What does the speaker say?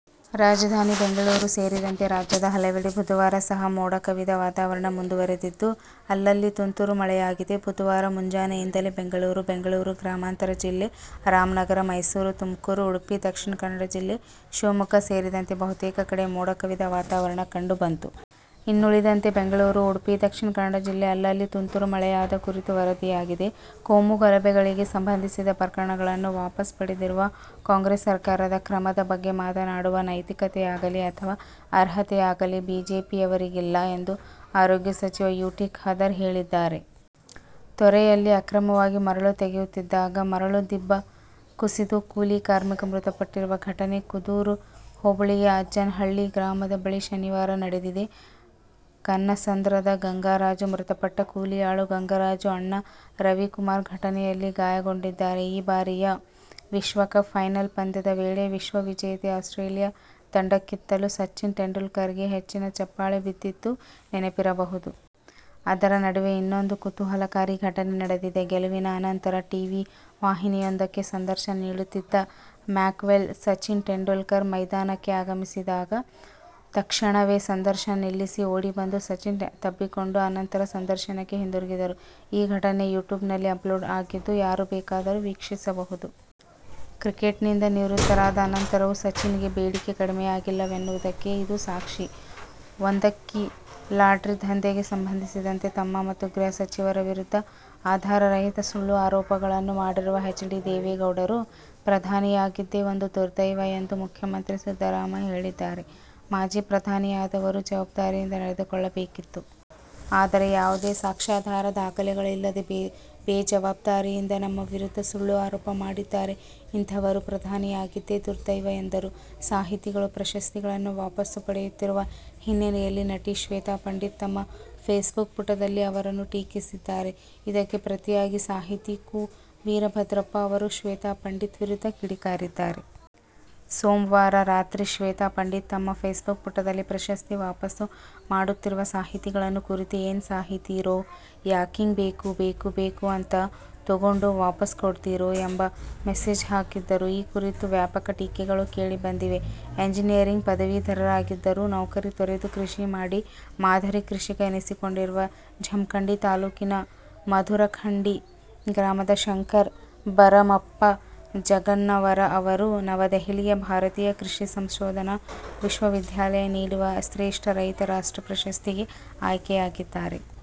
ರಾಜಧಾನಿ ಬೆಂಗಳೂರು ಸೇರಿದಂತೆ ರಾಜ್ಯದ ಹಲವೆಡೆ ಬುಧವಾರ ಸಹ ಮೋಡಕವಿದ ವಾತಾವರಣ ಮುಂದುವರಿದಿದ್ದು, ಅಲ್ಲಲ್ಲಿ ತುಂತುರು ಮಳೆಯಾಗಿದೆ. ಬುಧವಾರ ಮುಂಜಾನೆಯಿಂದಲೇ ಬೆಂಗಳೂರು, ಬೆಂಗಳೂರು ಗ್ರಾಮಾಂತರ ಜಿಲ್ಲೆ, ರಾಮನಗರ, ಮೈಸೂರು, ತುಮಕೂರು, ಉಡುಪಿ, ದಕ್ಷಿಣ ಕನ್ನಡ ಜಿಲ್ಲೆ, ಶಿವಮೊಗ್ಗ ಸೇರಿದಂತೆ ಬಹುತೇಕ ಕಡೆ ಮೋಡಕವಿದ ವಾತಾವರಣ ಕಂಡು ಬಂತು. ಇನ್ನುಳಿದಂತೆ ಬೆಂಗಳೂರು, ಉಡುಪಿ, ದಕ್ಷಿಣ ಕನ್ನಡ ಜಿಲ್ಲೆಯ ಅಲ್ಲಲ್ಲಿ ತುಂತುರು ಮಳೆಯಾದ ಕುರಿತು ವರದಿಯಾಗಿದೆ. ಕೋಮು ಗಲಭೆಗಳಿಗೆ ಸಂಬಂಧಿಸಿದ ಪ್ರಕರಣಗಳನ್ನು ವಾಪಸ್ ಪಡೆದಿರುವ ಕಾಂಗ್ರೆಸ್ ಸರ್ಕಾರದ ಕ್ರಮದ ಬಗ್ಗೆ ಮಾತನಾಡುವ ನೈತಿಕತೆಯಾಗಲಿ ಅಥವಾ ಅರ್ಹತೆಯಾಗಲಿ ಬಿಜೆಪಿಯವರಿಗಿಲ್ಲ ಎಂದು ಆರೋಗ್ಯ ಸಚಿವ ಯು. ಟಿ. ಖಾದರ್ ಹೇಳಿದ್ದಾರೆ. ತೊರೆಯಲ್ಲಿ ಅಕ್ರಮವಾಗಿ ಮರಳು ತೆಗೆಯುತ್ತಿದ್ದಾಗ ಮರಳು ದಿಬ್ಬ ಕುಸಿದು ಕೂಲಿ ಕಾರ್ಮಿಕ ಮೃತಪಟ್ಟಿರುವ ಘಟನೆ ಕುದೂರು ಹೋಬಳಿಯ ಅಜ್ಜಹಳ್ಳಿ ಗ್ರಾಮದ ಬಳಿ ಶನಿವಾರ ನಡೆದಿದೆ. ಕನ್ನಸಂದ್ರದ ಗಂಗರಾಜು ಮೃತಪಟ್ಟ ಕೂಲಿಯಾಳು. ಗಂಗರಾಜು ಅಣ್ಣ ರವಿಕುಮಾರ್ ಘಟನೆಯಲ್ಲಿ ಗಾಯಗೊಂಡಿದ್ದಾರೆ. ಈ ಬಾರಿಯ ವಿಶ್ವಕಪ್ ಫೈನಲ್ ಪಂದ್ಯದ ವೇಳೆ ವಿಶ್ವವಿಜೇತ ಆಸ್ಟ್ರೇಲಿಯ ತಂಡಕ್ಕಿಂತಲೂ ಸಚಿನ್ ತೆಂಡುಲ್ಕರ್ಗೆ ಹೆಚ್ಚಿನ ಚಪ್ಪಾಳೆ ಬಿದ್ದಿದ್ದು ನೆನಪಿರಬಹುದು. ಅದರ ನಡುವೆ ಇನ್ನೊಂದು ಕುತೂಹಲಕಾರಿ ಘಟನೆ ನಡೆದಿದೆ. ಗೆಲುವಿನ ಅನಂತರ ಟಿವಿ ವಾಹಿನಿಯೊಂದಕ್ಕೆ ಸಂದರ್ಶನ ನೀಡುತ್ತಿದ್ದ ಮ್ಯಾಕ್ಸ್ವೆಲ್, ಸಚಿನ್ ತೆಂಡುಲ್ಕರ್ ಮೈದಾನಕ್ಕೆ ಆಗಮಿಸಿದಾಗ ತತ್ಕ್ಷಣವೇ ಸಂದರ್ಶನ ನಿಲ್ಲಿಸಿ ಓಡಿಬಂದು ಸಚಿನ್ ತಬ್ಬಿಕೊಂಡರು. ಅನಂತರ ಸಂದರ್ಶನಕ್ಕೆ ಹಿಂದಿರುಗಿದರು! ಈ ಘಟನೆ ಯೂಟ್ಯೂಬ್ನಲ್ಲಿ ಅಪ್ಲೋಡ್ ಆಗಿದ್ದು, ಯಾರು ಬೇಕಾದರೂ ವೀಕ್ಷಿಸಬಹುದು. ಕ್ರಿಕೆಟ್ನಿಂದ ನಿವೃತ್ತರಾದ ಅನಂತರವೂ ಸಚಿನ್ಗೆ ಬೇಡಿಕೆ ಕಡಿಮೆಯಾಗಿಲ್ಲವೆನ್ನುವುದಕ್ಕೆ ಇದು ಸಾಕ್ಷಿ. ಒಂದಂಕಿ ಲಾಟರಿ ದಂಧೆಗೆ ಸಂಬಂಧಿಸಿದಂತೆ ತಮ್ಮ ಮತ್ತು ಗೃಹ ಸಚಿವರ ವಿರುದ್ಧ ಆಧಾರರಹಿತ ಸುಳ್ಳು ಆರೋಪಗಳನ್ನು ಮಾಡಿರುವ ಎಚ್. ಡಿ. ದೇವೇಗೌಡರು ಪ್ರಧಾನಿಯಾಗಿದ್ದೇ ಒಂದು ದುರ್ದೈವ ಎಂದು ಮುಖ್ಯಮಂತ್ರಿ ಸಿದ್ದರಾಮಯ್ಯ ಹೇಳಿದ್ದಾರೆ. ಮಾಜಿ ಪ್ರಧಾನಿಯಾದವರು ಜವಾಬ್ದಾರಿಯಿಂದ ನಡೆದುಕೊಳ್ಳಬೇಕಿತ್ತು. ಆದರೆ, ಯಾವುದೇ ಸಾಕ್ಷ್ಯಾಧಾರ, ದಾಖಲೆಗಳಿಲ್ಲದೆ ಬೇಜವಾಬ್ದಾರಿಯಿಂದ ನಮ್ಮ ವಿರುದ್ಧ ಸುಳ್ಳು ಆರೋಪ ಮಾಡಿದ್ದಾರೆ. ಇಂಥವರು ಪ್ರಧಾನಿಯಾಗಿದ್ದೇ ದುರ್ದೈವ ಎಂದರು. ಸಾಹಿತಿಗಳು ಪ್ರಶಸ್ತಿಗಳನ್ನು ವಾಪಸ್ಸು ಮಾಡುತ್ತಿರುವ ಹಿನ್ನೆಲೆಯಲ್ಲಿ ನಟಿ ಶ್ವೇತಾ ಪಂಡಿತ್ ತಮ್ಮ ಫೇಸ್ಬುಕ್ ಪುಟದಲ್ಲಿ ಅವರನ್ನು ಟೀಕಿಸಿದ್ದಾರೆ. ಇದಕ್ಕೆ ಪ್ರತಿಯಾಗಿ ಸಾಹಿತಿ ಕುಂ. ವೀರಭದ್ರಪ್ಪ ಅವರು ಶ್ವೇತಾ ಪಂಡಿತ್ ವಿರುದ್ಧ ಕಿಡಿಕಾರಿದ್ದಾರೆ. ಸೋಮವಾರ ರಾತ್ರಿ ಶ್ವೇತಾ ಪಂಡಿತ್ ತಮ್ಮ ಫೇಸ್ಬುಕ್ ಪುಟದಲ್ಲಿ ಪ್ರಶಸ್ತಿ ವಾಪಸ್ಸು ಮಾಡುತ್ತಿರುವ ಸಾಹಿತಿಗಳನ್ನು ಕುರಿತು, 'ಏನ್ ಸಾಹಿತಿರೋ ಯಾಕಿಂಗ, ಬೇಕು ಬೇಕು ಬೇಕು ಅಂತಾ ತೊಗೊಂಡ್ ವಾಪಸ್ ಕೊಡ್ತೀರೋ ' ಎಂಬ ಮೆಸೇಜ್ ಹಾಕಿದ್ದರು. ಈ ಕುರಿತು ವ್ಯಾಪಕ ಟೀಕೆಗಳು ಕೇಳಿ ಬಂದಿವೆ. ಎಂಜಿನಿಯರಿಂಗ್ ಪದವೀಧರರಾ ಗಿದ್ದರೂ ನೌಕರಿ ತೊರೆದು ಕೃಷಿ ಮಾಡಿ ಮಾದರಿ ಕೃಷಿಕ ಎನಿಸಿಕೊಂಡಿರುವ ಜಮಖಂಡಿ ತಾಲೂಕಿನ ಮಧುರಖಂಡಿ ಗ್ರಾಮದ ಶಂಕರ ಭರಮಪ್ಪ ಜಂಗನ್ನವರ ಅವರು ನವದೆಹಲಿಯ ಭಾರತೀಯ ಕೃಷಿ ಸಂಶೋಧನಾ ವಿಶ್ವವಿದ್ಯಾಲಯ ನೀಡುವ ಶ್ರೇಷ್ಠ ರೈತ ರಾಷ್ಟ್ರ ಪ್ರಶಸ್ತಿಗೆ ಆಯ್ಕೆಯಾಗಿದ್ದಾರೆ.